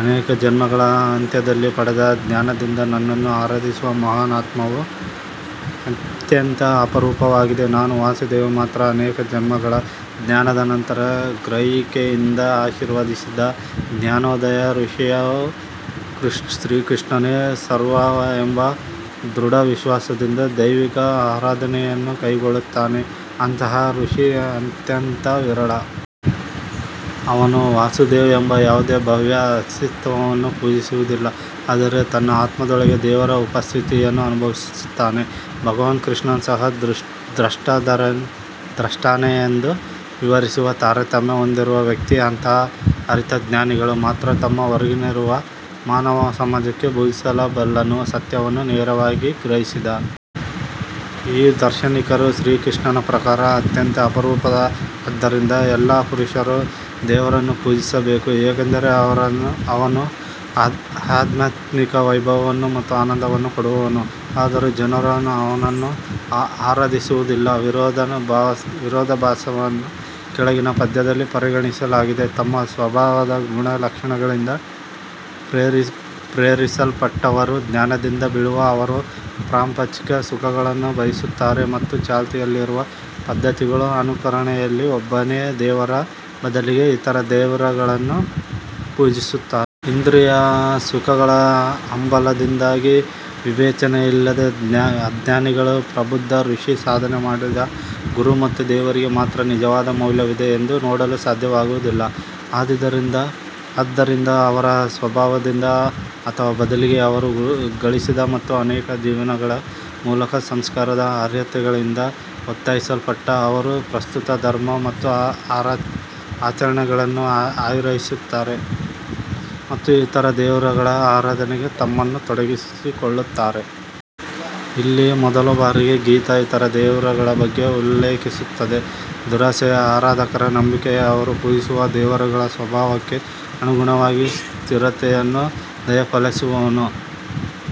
ಅನೇಕ ಜನ್ಮಗಳ ಅಂತ್ಯದಲ್ಲಿ ಪಡೆದ ಜ್ಞಾನದಿಂದ ನನ್ನನ್ನು ಆರಾಧಿಸುವ ಮಹಾನ್ ಆತ್ಮವು ಅತ್ಯಂತ ಅಪರೂಪವಾಗಿದೆ ನಾನು ವಾಸುದೇವ ಮಾತ್ರ ಅನೇಕ ಜನ್ಮಗಳ ಧ್ಯಾನದ ನಂತರ ಗ್ರಹಿಕೆಯಿಂದ ಆಶೀರ್ವದಿಸಿದ ಜ್ಞಾನೋದಯ ಋಷಿಯು ಶ್ರೀಕೃಷ್ಣನೇ ಸರ್ವಸ್ವ ಎಂಬ ದೃಢವಿಶ್ವಾಸದಿಂದ ದೈವಿಕ ಆರಾಧನೆಯನ್ನು ಕೈಗೊಳ್ಳುತ್ತಾನೆ. ಅಂತಹ ಋಷಿ ಅತ್ಯಂತ ವಿರಳ ಅವನು ವಾಸುದೇವ್ ಎಂಬ ಯಾವುದೇ ಬಾಹ್ಯ ಅಸ್ತಿತ್ವವನ್ನು ಪೂಜಿಸುವುದಿಲ್ಲ ಆದರೆ ತನ್ನ ಆತ್ಮದೊಳಗೆ ದೇವರ ಉಪಸ್ಥಿತಿಯನ್ನು ಅನುಭವಿಸುತ್ತಾನೆ ಭಗವಾನ್ ಕೃಷ್ಣನು ಸಹ ದ್ರಷ್ಟಾರನೆಂದು ವಿವರಿಸುವ ತಾರತಮ್ಯ ಹೊಂದಿರುವ ವ್ಯಕ್ತಿ ಅಂತಹ ಅರಿತ ಜ್ಞಾನಿಗಳು ಮಾತ್ರ ತಮ್ಮ ಹೊರಗಿರುವ ಮಾನವ ಸಮಾಜಕ್ಕೆ ಬೋಧಿಸಬಲ್ಲರು ಸತ್ಯವನ್ನು ನೇರವಾಗಿ ಗ್ರಹಿಸಿದ ಈ ದಾರ್ಶನಿಕರು ಶ್ರೀಕೃಷ್ಣನ ಪ್ರಕಾರ ಅತ್ಯಂತ ಅಪರೂಪ ಆದ್ದರಿಂದ ಎಲ್ಲಾ ಪುರುಷರು ದೇವರನ್ನು ಪೂಜಿಸಬೇಕು ಏಕೆಂದರೆ ಅವನು ಆಧ್ಯಾತ್ಮಿಕ ವೈಭವವನ್ನು ಮತ್ತು ಆನಂದವನ್ನು ಕೊಡುವವನು ಆದರೂ ಜನರು ಅವನನ್ನು ಆರಾಧಿಸುವುದಿಲ್ಲ ವಿರೋಧಾಭಾಸವನ್ನು ಕೆಳಗಿನ ಪದ್ಯದಲ್ಲಿ ಪರಿಗಣಿಸಲಾಗಿದೆ ತಮ್ಮ ಸ್ವಭಾವದ ಗುಣಲಕ್ಷಣಗಳಿಂದ ಪ್ರೇರೇಪಿಸಲ್ಪಟ್ಟವರು ಜ್ಞಾನದಿಂದ ಬೀಳುವ ಅವರು ಪ್ರಾಪಂಚಿಕ ಸುಖಗಳನ್ನು ಬಯಸುತ್ತಾರೆ ಮತ್ತು ಚಾಲ್ತಿಯಲ್ಲಿರುವ ಪದ್ಧತಿಗಳ ಅನುಕರಣೆಯಲ್ಲಿ ಒಬ್ಬನೇ ದೇವರ ಬದಲಿಗೆ ಇತರ ದೇವರುಗಳನ್ನು ಪೂಜಿಸುತ್ತಾರೆ. ಇಂದ್ರಿಯ ಸುಖಗಳ ಹಂಬಲದಿಂದಾಗಿ ವಿವೇಚನೆಯಿಲ್ಲದ ಅಜ್ಞಾನಿಗಳು ಪ್ರಬುದ್ಧ ಋಷಿ ಸಾಧನೆ ಮಾಡಿದ ಗುರು ಮತ್ತು ದೇವರಿಗೆ ಮಾತ್ರ ನಿಜವಾದ ಮೌಲ್ಯವಿದೆ ಎಂದು ನೋಡಲು ಸಾಧ್ಯವಾಗುವುದಿಲ್ಲ. ಆದ್ದರಿಂದ ಅವರ ಸ್ವಭಾವದಿಂದ ಅಥವಾ ಬದಲಿಗೆ ಅವರು ಗಳಿಸಿದ ಮತ್ತು ಅನೇಕ ಜೀವನಗಳ ಮೂಲಕ ಸಂಸ್ಕಾರದ ಅರ್ಹತೆಗಳಿಂದ ಒತ್ತಾಯಿಸಲ್ಪಟ್ಟ ಅವರು ಪ್ರಸ್ತುತ ಧರ್ಮ ಮತ್ತು ಆಚರಣೆಗಳನ್ನು ಆಶ್ರಯಿಸುತ್ತಾರೆ ಮತ್ತು ಇತರ ದೇವರುಗಳ ಆರಾಧನೆಗೆ ತಮ್ಮನ್ನು ತೊಡಗಿಸಿಕೊಳ್ಳುತ್ತಾರೆ. ಇಲ್ಲಿ ಮೊದಲ ಬಾರಿಗೆ ಗೀತಾ ಇತರ ದೇವರುಗಳ ಬಗ್ಗೆ ಉಲ್ಲೇಖಿಸುತ್ತದೆ ದುರಾಸೆಯ ಆರಾಧಕರ ನಂಬಿಕೆಗೆ ಅವರು ಪೂಜಿಸುವ ದೇವರುಗಳ ಸ್ವಭಾವಕ್ಕೆ ಅನುಗುಣವಾಗಿ ಸ್ಥಿರತೆಯನ್ನು ದಯಪಾಲಿಸುವವನು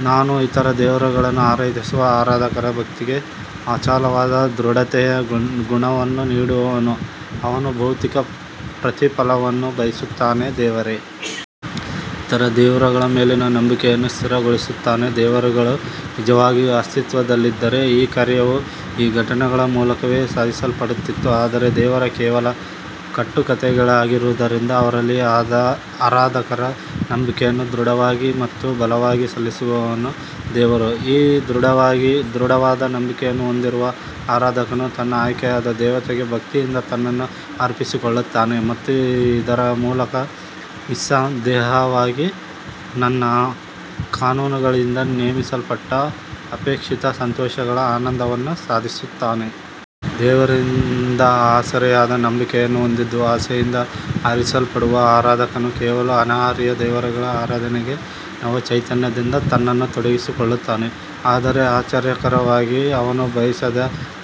ನಾನು. ಇತರ ದೇವರುಗಳನ್ನು ಆರಾಧಿಸುವ ಆರಾಧಕರ ಭಕ್ತಿಗೆ ಅಚಲವಾದ ದೃಢತೆಯ ಗುಣವನ್ನು ನೀಡುವವನು ಅವನು ಭೌತಿಕ ಪ್ರತಿಫಲವನ್ನು ಬಯಸುತ್ತಾನೆ. ದೇವರೇ ಇತರ ದೇವರುಗಳ ಮೇಲಿನ ನಂಬಿಕೆಯನ್ನು ಸ್ಥಿರಗೊಳಿಸುತ್ತಾನೆ ದೇವರುಗಳು ನಿಜವಾಗಿಯೂ ಅಸ್ತಿತ್ವದಲ್ಲಿದ್ದರೆ ಈ ಕಾರ್ಯವು ಈ ಘಟಕಗಳ ಮೂಲಕವೇ ಸಾಧಿಸಲ್ಪಡುತ್ತಿತ್ತು ಆದರೆ ಅವು ಕೇವಲ ಕಟ್ಟುಕಥೆಗಳಾಗಿರುವುದರಿಂದ ಅವರಲ್ಲಿ ಆರಾಧಕರ ನಂಬಿಕೆಯನ್ನು ದೃಢವಾಗಿ ಮತ್ತು ಬಲವಾಗಿ ಸಲ್ಲಿಸುವವನು ದೇವರು ಈ ದೃಢವಾದ ನಂಬಿಕೆಯನ್ನು ಹೊಂದಿರುವ ಆರಾಧಕನು ತನ್ನ ಆಯ್ಕೆಯಾದ ದೇವತೆಗೆ ಭಕ್ತಿಯಿಂದ ತನ್ನನ್ನು ಅರ್ಪಿಸಿಕೊಳ್ಳುತ್ತಾನೆ ಮತ್ತು ಇದರ ಮೂಲಕ ನಿಸ್ಸಂದೇಹವಾಗಿ ನನ್ನ ಕಾನೂನುಗಳಿಂದ ನೇಮಿಸಲ್ಪಟ್ಟ ಅಪೇಕ್ಷಿತ ಸಂತೋಷಗಳ ಆನಂದವನ್ನು ಸಾಧಿಸುತ್ತಾನೆ. ದೇವರಿಂದ ಆಸರೆಯಾದ ನಂಬಿಕೆಯನ್ನು ಹೊಂದಿದ್ದು ಆಸೆಯಿಂದ ಆರಾಧಿಸಲ್ಪಡುವ ಆರಾಧಕನು ಕೆಲವು ಅನರ್ಹ ದೇವರುಗಳ ಆರಾಧನೆಗೆ ನವಚೈತನ್ಯದಿಂದ ತನ್ನನ್ನು ತೊಡಗಿಸಿಕೊಳ್ಳುತ್ತಾನೆ ಆದರೆ ಆಶ್ಚರ್ಯಕರವಾಗಿ ಅವನು ಬಯಸಿದ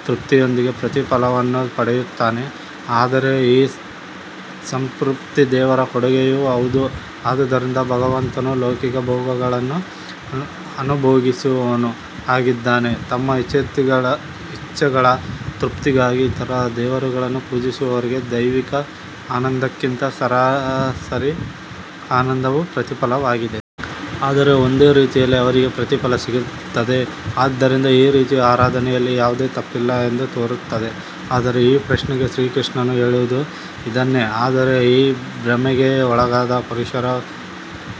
ತೃಪ್ತಿಯೊಂದಿಗೆ ಪ್ರತಿಫಲವನ್ನು ಪಡೆಯುತ್ತಾನೆ. ಆದರೆ ಈ ಸಂತೃಪ್ತಿ ದೇವರ ಕೊಡುಗೆಯೂ ಹೌದು ಆದುದರಿಂದ ಭಗವಂತನು ಲೌಕಿಕ ಭೋಗಗಳನ್ನು ಅನುಭೋಗಿಸುವವನೂ ಆಗಿದ್ದಾನೆ ತಮ್ಮ ಇಚ್ಛೆಗಳ ತೃಪ್ತಿಗಾಗಿ ಇತರ ದೇವರುಗಳನ್ನು ಪೂಜಿಸುವವರಿಗೆ ದೈವಿಕ ಆನಂದಕ್ಕಿಂತ ಸರಾಸರಿ ಆನಂದವು ಪ್ರತಿಫಲವಾಗಿದೆ. ಆದರೆ ಒಂದು ರೀತಿಯಲ್ಲಿ ಅವರಿಗೆ ಪ್ರತಿಫಲ ಸಿಗುತ್ತದೆ ಆದ್ದರಿಂದ ಈ ರೀತಿಯ ಆರಾಧನೆಯಲ್ಲಿ ಯಾವುದೇ ತಪ್ಪಿಲ್ಲ ಎಂದು ತೋರುತ್ತದೆ ಆದರೆ ಈ ಪ್ರಶ್ನೆಗೆ ಶ್ರೀಕೃಷ್ಣನು ಹೇಳುವುದು ಇದನ್ನೇ ಆದರೆ ಈ ಭ್ರಮೆಗೆ ಒಳಗಾದ ಪುರುಷರ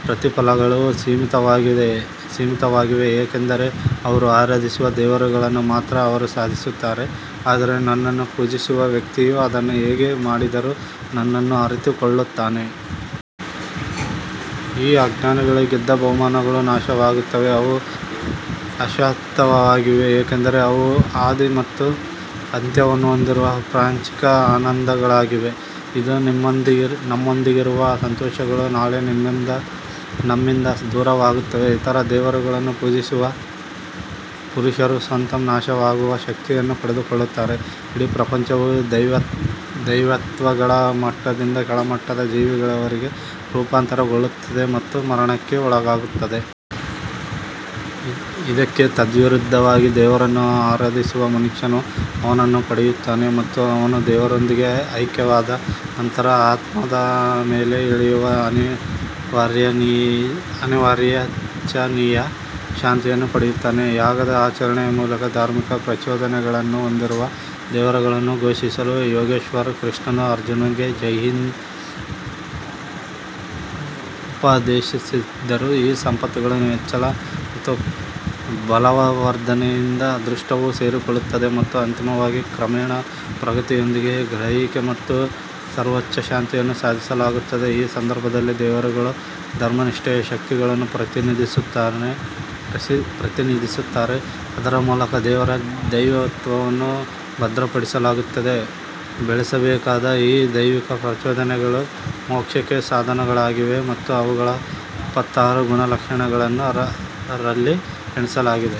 ಪ್ರತಿಫಲಗಳು ಸೀಮಿತವಾಗಿವೆ ಏಕೆಂದರೆ ಅವರು ಆರಾಧಿಸುವ ದೇವರುಗಳನ್ನು ಮಾತ್ರ ಅವರು ಸಾಧಿಸುತ್ತಾರೆ ಆದರೆ ನನ್ನನ್ನು ಪೂಜಿಸುವ ವ್ಯಕ್ತಿಯು ಅದನ್ನು ಹೇಗೆ ಮಾಡಿದರೂ ನನ್ನನ್ನು ಅರಿತುಕೊಳ್ಳುತ್ತಾನೆ. ಈ ಅಜ್ಞಾನಿಗಳು ಗೆದ್ದ ಬಹುಮಾನಗಳು ನಾಶವಾಗುತ್ತವೆ ಅವು ಅಶಾಶ್ವತವಾಗಿವೆ ಏಕೆಂದರೆ ಅವು ಆದಿ ಮತ್ತು ಅಂತ್ಯವನ್ನು ಹೊಂದಿರುವ ಪ್ರಾಪಂಚಿಕ ಆನಂದಗಳಾಗಿವೆ ಇಂದು ನಮ್ಮೊಂದಿಗಿರುವ ಸಂತೋಷಗಳು ನಾಳೆ ನಮ್ಮಿಂದ ದೂರವಾಗುತ್ತವೆ ಇತರ ದೇವರುಗಳನ್ನು ಪೂಜಿಸುವ ಪುರುಷರು ಸ್ವತಃ ನಾಶವಾಗುವ ಶಕ್ತಿಯನ್ನು ಪಡೆದುಕೊಳ್ಳುತ್ತಾರೆ ಇಡೀ ಪ್ರಪಂಚವು ದೈವತ್ವಗಳ ಮಟ್ಟದಿಂದ ಕೆಳಮಟ್ಟದ ಜೀವಿಗಳವರೆಗೆ ರೂಪಾಂತರಗೊಳ್ಳುತ್ತದೆ ಮತ್ತು ಮರಣಕ್ಕೆ ಒಳಗಾಗುತ್ತದೆ. ಇದಕ್ಕೆ ತದ್ವಿರುದ್ಧವಾಗಿ ದೇವರನ್ನು ಆರಾಧಿಸುವ ಮನುಷ್ಯನು ಅವನನ್ನು ಪಡೆಯುತ್ತಾನೆ ಮತ್ತು ಅವನು ದೇವರೊಂದಿಗೆ ಐಕ್ಯವಾದ ನಂತರ ಆತ್ಮದ ಮೇಲೆ ಇಳಿಯುವ ಅನಿರ್ವಚನೀಯ ಶಾಂತಿಯನ್ನು ಪಡೆಯುತ್ತಾನೆ. ಯಾಗದ ಆಚರಣೆಯ ಮೂಲಕ ಧಾರ್ಮಿಕ ಪ್ರಚೋದನೆಗಳನ್ನು ಹೊಂದಿರುವ ದೇವರುಗಳನ್ನು ಪೋಷಿಸಲು ಯೋಗೇಶ್ವರ್ ಕೃಷ್ಣನು ಅರ್ಜುನ್ಗೆ ಈ ಹಿಂದೆ ಉಪದೇಶಿಸಿದ್ದರು. ಈ ಸಂಪತ್ತುಗಳ ಹೆಚ್ಚಳ ಮತ್ತು ಬಲವರ್ಧನೆಯಿಂದ ಅದೃಷ್ಟವು ಸೇರಿಕೊಳ್ಳುತ್ತದೆ ಮತ್ತು ಅಂತಿಮವಾಗಿ ಕ್ರಮೇಣ ಪ್ರಗತಿಯೊಂದಿಗೆ ಗ್ರಹಿಕೆ ಮತ್ತು ಸರ್ವೋಚ್ಚ ಶಾಂತಿಯನ್ನು ಸಾಧಿಸಲಾಗುತ್ತದೆ ಈ ಸಂದರ್ಭದಲ್ಲಿ ದೇವರುಗಳು ಧರ್ಮನಿಷ್ಠೆಯ ಶಕ್ತಿಗಳನ್ನು ಪ್ರತಿನಿಧಿಸುತ್ತಾರೆ ಅದರ ಮೂಲಕ ದೇವರ ದೈವತ್ವವನ್ನು ಭದ್ರಪಡಿಸಲಾಗುತ್ತದೆ ಬೆಳೆಸಬೇಕಾದ ಈ ದೈವಿಕ ಪ್ರಚೋದನೆಗಳು ಮೋಕ್ಷಕ್ಕೆ ಸಾಧನಗಳಾಗಿವೆ ಮತ್ತು ಅವುಗಳ ಇಪ್ಪತ್ತಾರು ಗುಣಲಕ್ಷಣಗಳನ್ನು ರಲ್ಲಿ ಎಣಿಸಲಾಗಿದೆ.